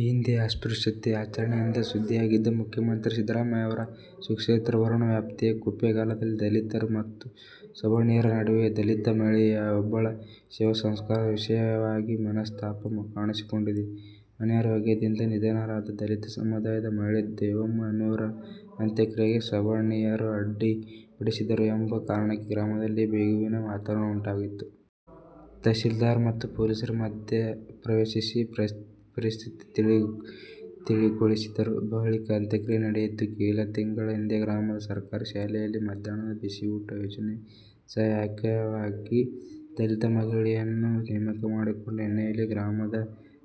ಈ ಹಿಂದೆ ಅಸ್ಪ್ರುಶ್ಯತೆ ಆಚರಣೆಯಿಂದ ಸುದ್ದಿಯಾಗಿದ್ದ ಮುಖ್ಯಮಂತ್ರಿ ಸಿದ್ದರಾಮಯ್ಯ ಅವರ ಸ್ವಕ್ಷೇತ್ರ ವರುಣ ವ್ಯಾಪ್ತಿಯ ಕುಪ್ಪೇಗಾಲದಲ್ಲಿ ದಲಿತರು ಮತ್ತು ಸವರ್ಣೀಯರ ನಡುವೆ ದಲಿತ ಮಹಿಳೆಯೊಬ್ಬಳ ಶವ ಸಂಸ್ಕಾರದ ವಿಷಯವಾಗಿ ಮನಸ್ತಾಪ ಕಾಣಿಸಿಕೊಂಡಿದೆ. ಅನಾರೋಗ್ಯದಿಂದ ನಿಧನರಾದ ದಲಿತ ಸಮುದಾಯದ ಮಹಿಳೆ ದೇವಮ್ಮ ಎನ್ನುವವರ ಅಂತ್ಯಕ್ರಿಯೆಗೆ ಸವರ್ಣೀಯರು ಅಡ್ಡಿಪಡಿಸಿದರು ಎಂಬ ಕಾರಣಕ್ಕೆ ಗ್ರಾಮದಲ್ಲಿ ಬಿಗುವಿನ ವಾತಾವರಣ ಉಂಟಾಗಿತ್ತು. ತಹಶೀಲ್ದಾರ್ ಮತ್ತು ಪೊಲೀಸರ ಮಧ್ಯಪ್ರವೇಶಿಸಿ ಪರಿಸ್ಥಿತಿ ತಿಳಿಗೊಳಿಸಿದರು. ಬಳಿಕ ಅಂತ್ಯಕ್ರಿಯೆ ನಡೆಯಿತು. ಕೆಲ ತಿಂಗಳ ಹಿಂದೆ ಗ್ರಾಮದ ಸರ್ಕಾರಿ ಶಾಲೆಯಲ್ಲಿ ಮಧ್ಯಾಹ್ನದ ಬಿಸಿಯೂಟ ಯೋಜನೆಯ ಸಹಾಯಕಿಯಾಗಿ ದಲಿತ ಮಹಿಳೆಯನ್ನು ನೇಮಕ ಮಾಡಿಕೊಂಡ ಹಿನ್ನೆಲೆಯಲ್ಲಿ ಗ್ರಾಮದ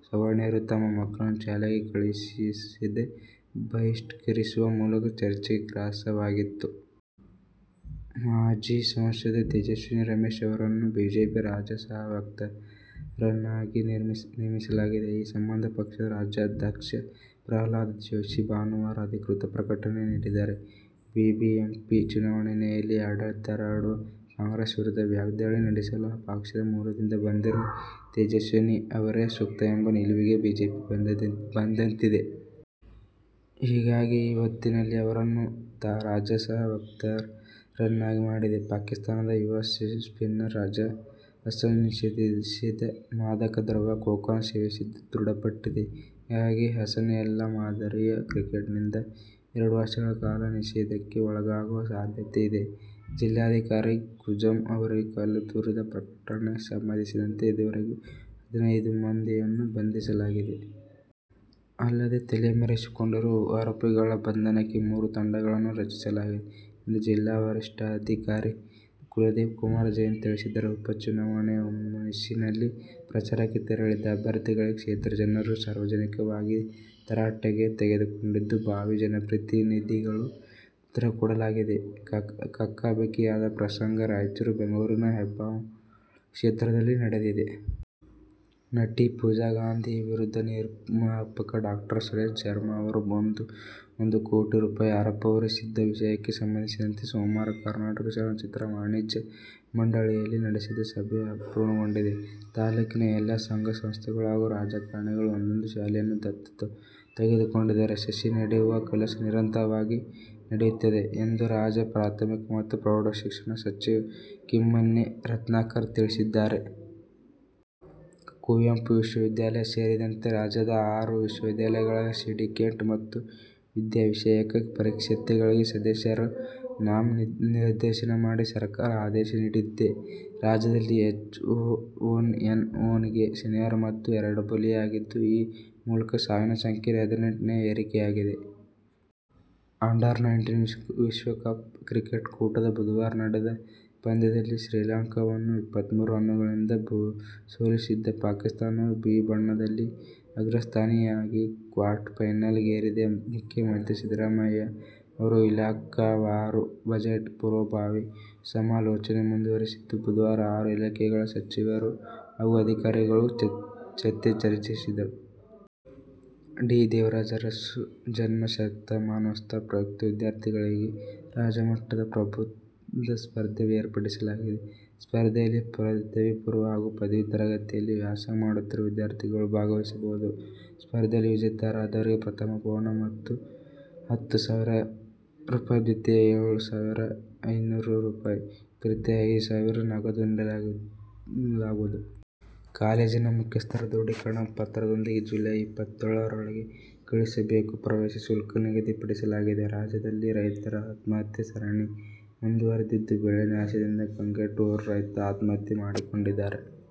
ಸವರ್ಣೀಯರು ತಮ್ಮ ಮಕ್ಕಳನ್ನು ಶಾಲೆಗೆ ಕಳುಹಿಸದೆ ಬಹಿಷ್ಕರಿಸುವ ಮೂಲಕ ಚರ್ಚೆಗೆ ಗ್ರಾಸವಾಗಿತ್ತು. ಮಾಜಿ ಸಂಸದೆ ತೇಜಸ್ವಿನಿ ರಮೇಶ್ ಅವರನ್ನು ಬಿಜೆಪಿಯ ರಾಜ್ಯ ಸಹ ವಕ್ತಾರರನ್ನಾಗಿ ನೇಮಿಸಲಾಗಿದೆ. ಈ ಸಂಬಂಧ ಪಕ್ಷದ ರಾಜ್ಯಾಧ್ಯಕ್ಷ ಪ್ರಹ್ಲಾದ್ ಜೋಶಿ ಭಾನುವಾರ ಅಧಿಕೃತ ಪ್ರಕಟಣೆ ನೀಡಿದ್ದಾರೆ. ಬಿಬಿಎಂಪಿ ಚುನಾವಣೆ ಹಿನ್ನೆಲೆಯಲ್ಲಿ ಆಡಳಿತಾರೂಢ ಕಾಂಗ್ರೆಸ್ ವಿರುದ್ಧ ವಾಗ್ಧಾಳಿ ನಡೆಸಲು ಆ ಪಕ್ಷದ ಮೂಲದಿಂದ ಬಂದಿರುವ ತೇಜಸ್ವಿನಿ ಅವರೇ ಸೂಕ್ತ ಎಂಬ ನಿಲುವಿಗೆ ಬಿಜೆಪಿ ಬಂದಂತಿದೆ. ಹೀಗಾಗಿ ಈ ಹೊತ್ತಿನಲ್ಲಿ ಅವರನ್ನು ರಾಜ್ಯ ಸಹ ವಕ್ತಾರರನ್ನಾಗಿ ಮಾಡಿದೆ. ಪಾಕಿಸ್ಥಾನದ ಯುವ ಸ್ಪಿನ್ನರ್ ರಜಾ ಹಸನ್ ನಿಷೇಧಿತ ಮಾದಕ ದ್ರವ್ಯ ಕೊಕೇನ್ ಸೇವಿಸಿದ್ದು ದೃಢಪಟ್ಟಿದೆ. ಹೀಗಾಗಿ ಹಸನ್ ಎಲ್ಲ ಮಾದರಿಯ ಕ್ರಿಕೆಟ್ನಿಂದ ಎರಡು ವರ್ಷಗಳ ಕಾಲ ನಿಷೇಧಕ್ಕೆ ಒಳಗಾಗುವ ಸಾಧ್ಯತೆ ಇದೆ. ಜಿಲ್ಲಾಧಿಕಾರಿ ಕುಂಜಪ್ಪ ಅವರಿಗೆ ಕಲ್ಲು ತೂರಿದ ಪ್ರಕರಣಕ್ಕೆ ಸಂಬಂಧಿಸಿದಂತೆ ಇದುವರೆಗೆ ಹದಿನೈದು ಮಂದಿಯನ್ನು ಬಂಧಿಸಲಾಗಿದೆ. ಅಲ್ಲದೇ ತಲೆ ಮರೆಸಿಕೊಂಡಿರುವ ಆರೋಪಿಗಳ ಬಂಧನಕ್ಕೆ ಮೂರು ತಂಡಗಳನ್ನು ರಚಿಸಲಾಗಿದೆ ಎಂದು ಜಿಲ್ಲಾ ವರಿಷ್ಠಾಧಿಕಾರಿ ಕುಲದೀಪ್ ಕುಮಾರ್ ಜೈನ್ ತಿಳಿಸಿದ್ದಾರೆ. ಉಪಚುನಾವಣೆ ಹುಮ್ಮಸ್ಸಿನಲ್ಲಿ ಪ್ರಚಾರಕ್ಕೆ ತೆರಳಿದ್ದ ಅಭ್ಯರ್ಥಿಗಳಿಗೆ ಕ್ಷೇತ್ರದ ಜನರು ಸಾರ್ವಜನಿಕವಾಗಿಯೇ ತರಾಟೆಗೆ ತೆಗೆದುಕೊಂಡಿದ್ದು, ಭಾವಿ ಜನಪ್ರತಿನಿಧಿಗಳು ಉತ್ತರಕೊಡಲಾಗದೆ ಕಕ್ಕಾಬಿಕ್ಕಿಯಾದ ಪ್ರಸಂಗ ರಾಯಚೂರು, ಬೆಂಗಳೂರಿನ ಹೆಬ್ಬಾಳ ಕ್ಷೇತ್ರದಲ್ಲಿ ನಡೆದಿದೆ. ನಟಿ ಪೂಜಾಗಾಂಧಿ ವಿರುದ್ಧ ನಿರ್ಮಾಪಕ ಡಾ. ಸುರೇಶ್ ಶರ್ಮ ಅವರು ಒಂದು ಕೋಟಿ ರೂಪಾಯಿ ಆರೋಪ ಹೊರಿಸಿದ್ದ ವಿಷಯಕ್ಕೆ ಸಂಬಂಧಿಸಿದಂತೆ, ಸೋಮವಾರ ಕರ್ನಾಟಕ ಚಲನಚಿತ್ರ ವಾಣಿಜ್ಯ ಮಂಡಳಿಯಲ್ಲಿ ನಡೆಸಿದ ಸಭೆ ಅಪೂರ್ಣಗೊಂಡಿದೆ. ತಾಲೂಕಿನ ಎಲ್ಲಾ ಸಂಘ ಸಂಸ್ಥೆಗಳು ಹಾಗೂ ರಾಜಕಾರಣಿಗಳು ಒಂದೊಂದು ಶಾಲೆಯನ್ನು ದತ್ತು ತೆಗೆದುಕೊಂಡರೆ ಸಸಿ ನೆಡುವ ಕೆಲಸ ನಿರಂತರವಾಗಿ ನಡೆಯುತ್ತದೆ ಎಂದು ರಾಜ್ಯ ಪ್ರಾಥಮಿಕ ಮತ್ತು ಪ್ರೌಢ ಶಿಕ್ಷಣ ಸಚಿವ ಕಿಮ್ಮನೆ ರತ್ನಾಕರ್ ತಿಳಿಸಿದರು. ಕುವೆಂಪು ವಿಶ್ವ ವಿದ್ಯಾಲಯ ಸೇರಿದಂತೆ ರಾಜ್ಯದ ಆರು ವಿಶ್ವವಿದ್ಯಾಲಯಗಳ ಸಿಂಡಿಕೇಟ್ ಮತ್ತು ವಿದ್ಯಾವಿಷಯಕ ಪರಿಷತ್ಗಳಿಗೆ ಸದಸ್ಯರನ್ನು ನಾಮನಿರ್ದೇಶನ ಮಾಡಿ ಸರ್ಕಾರ ಆದೇಶ ನೀಡಿದೆ. ರಾಜ್ಯದಲ್ಲಿ ಎಚ್ ಒನ್ ಎನ್ ಒನ್ ಗೆ ಶನಿವಾರ ಮತ್ತೆ ಎರಡು ಬಲಿಯಾಗಿದ್ದು, ಈ ಮೂಲಕ ಸಾವಿನ ಸಂಖ್ಯೆ ಹದಿನೆಂಟಕ್ಕೆ ಏರಿಕೆಯಾಗಿದೆ. ಅಂಡರ್-ನೈಂಟೀನ್ ವಿಶ್ವಕಪ್ ಕ್ರಿಕೆಟ್ ಕೂಟದ ಬುಧವಾರ ನಡೆದ ಪಂದ್ಯದಲ್ಲಿ ಶ್ರೀಲಂಕಾವನ್ನು ಇಪ್ಪತ್ಮೂರು ರನ್ನುಗಳಿಂದ ಸೋಲಿಸಿದ ಪಾಕಿಸ್ಥಾನವು "ಬಿ' ಬಣದಲ್ಲಿ ಅಗ್ರಸ್ಥಾನಿಯಾಗಿ ಕ್ವಾರ್ಟರ್ಫೈನಲ್ ಗೇರಿದೆ. ಮುಖ್ಯಮಂತ್ರಿ ಸಿದ್ದರಾಮಯ್ಯ ಅವರು ಇಲಾಖಾವಾರು ಬಜೆಟ್ ಪೂರ್ವಭಾವಿ ಸಮಾಲೋಚನೆ ಮುಂದುವರಿಸಿದ್ದು, ಬುಧವಾರ ಆರು ಇಲಾಖೆಗಳ ಸಚಿವರು ಹಾಗೂ ಅಧಿಕಾರಿಗಳ ಜತೆ ಚರ್ಚಿಸಿದರು. ಡಿ. ದೇವರಾಜ ಅರಸು ಜನ್ಮ ಶತಮಾನೋತ್ಸವ ಪ್ರಯುಕ್ತ ವಿದ್ಯಾರ್ಥಿಗಳಿಗಾಗಿ ರಾಜ್ಯಮಟ್ಟದ ಪ್ರಬಂಧ ಸ್ಪರ್ಧೆ ಏರ್ಪಡಿಸಲಾಗಿದೆ. ಸ್ಪರ್ಧೆಯಲ್ಲಿ ಪದವಿಪೂರ್ವ ಹಾಗೂ ಪದವಿ ತರಗತಿಯಲ್ಲಿ ವ್ಯಾಸಂಗ ಮಾಡುತ್ತಿರುವ ವಿದ್ಯಾರ್ಥಿಗಳು ಭಾಗವಹಿಸಬಹುದು. ಸ್ಪರ್ಧೆಯಲ್ಲಿ ವಿಜೇತರಾದವರಿಗೆ ಪ್ರಥಮ ಬಹುಮಾನ ಹತ್ತು ಸಾವಿರ ರೂಪಾಯಿ ದ್ವಿತೀಯ ಏಳು ಸಾವಿರದ ಐನೂರು ರೂಪಾಯಿ., ತೃತೀಯ ಐದು ಸಾವಿರ ನಗದು ನೀಡಲಾಗುವುದು. ಕಾಲೇಜಿನ ಮುಖ್ಯಸ್ಥರ ದೃಢೀಕರಣ ಪತ್ರದೊಂದಿಗೆ ಜುಲೈ ಇಪ್ಪತ್ತೇಳರೊಳಗೆ ಕಳುಹಿಸಬೇಕು. ಪ್ರವೇಶ ಶುಲ್ಕ ನಿಗದಿಪಡಿಸಲಾಗಿದೆ. ರಾಜ್ಯದಲ್ಲಿ ರೈತರ ಆತ್ಮಹತ್ಯೆ ಸರಣಿ ಮುಂದುವರಿದಿದ್ದು, ಬೆಳೆ ನಾಶದಿಂದ ಕಂಗೆಟ್ಟು ಓರ್ವ ರೈತ ಆತ್ಮಹತ್ಯೆ ಮಾಡಿಕೊಂಡಿದ್ದರೆ.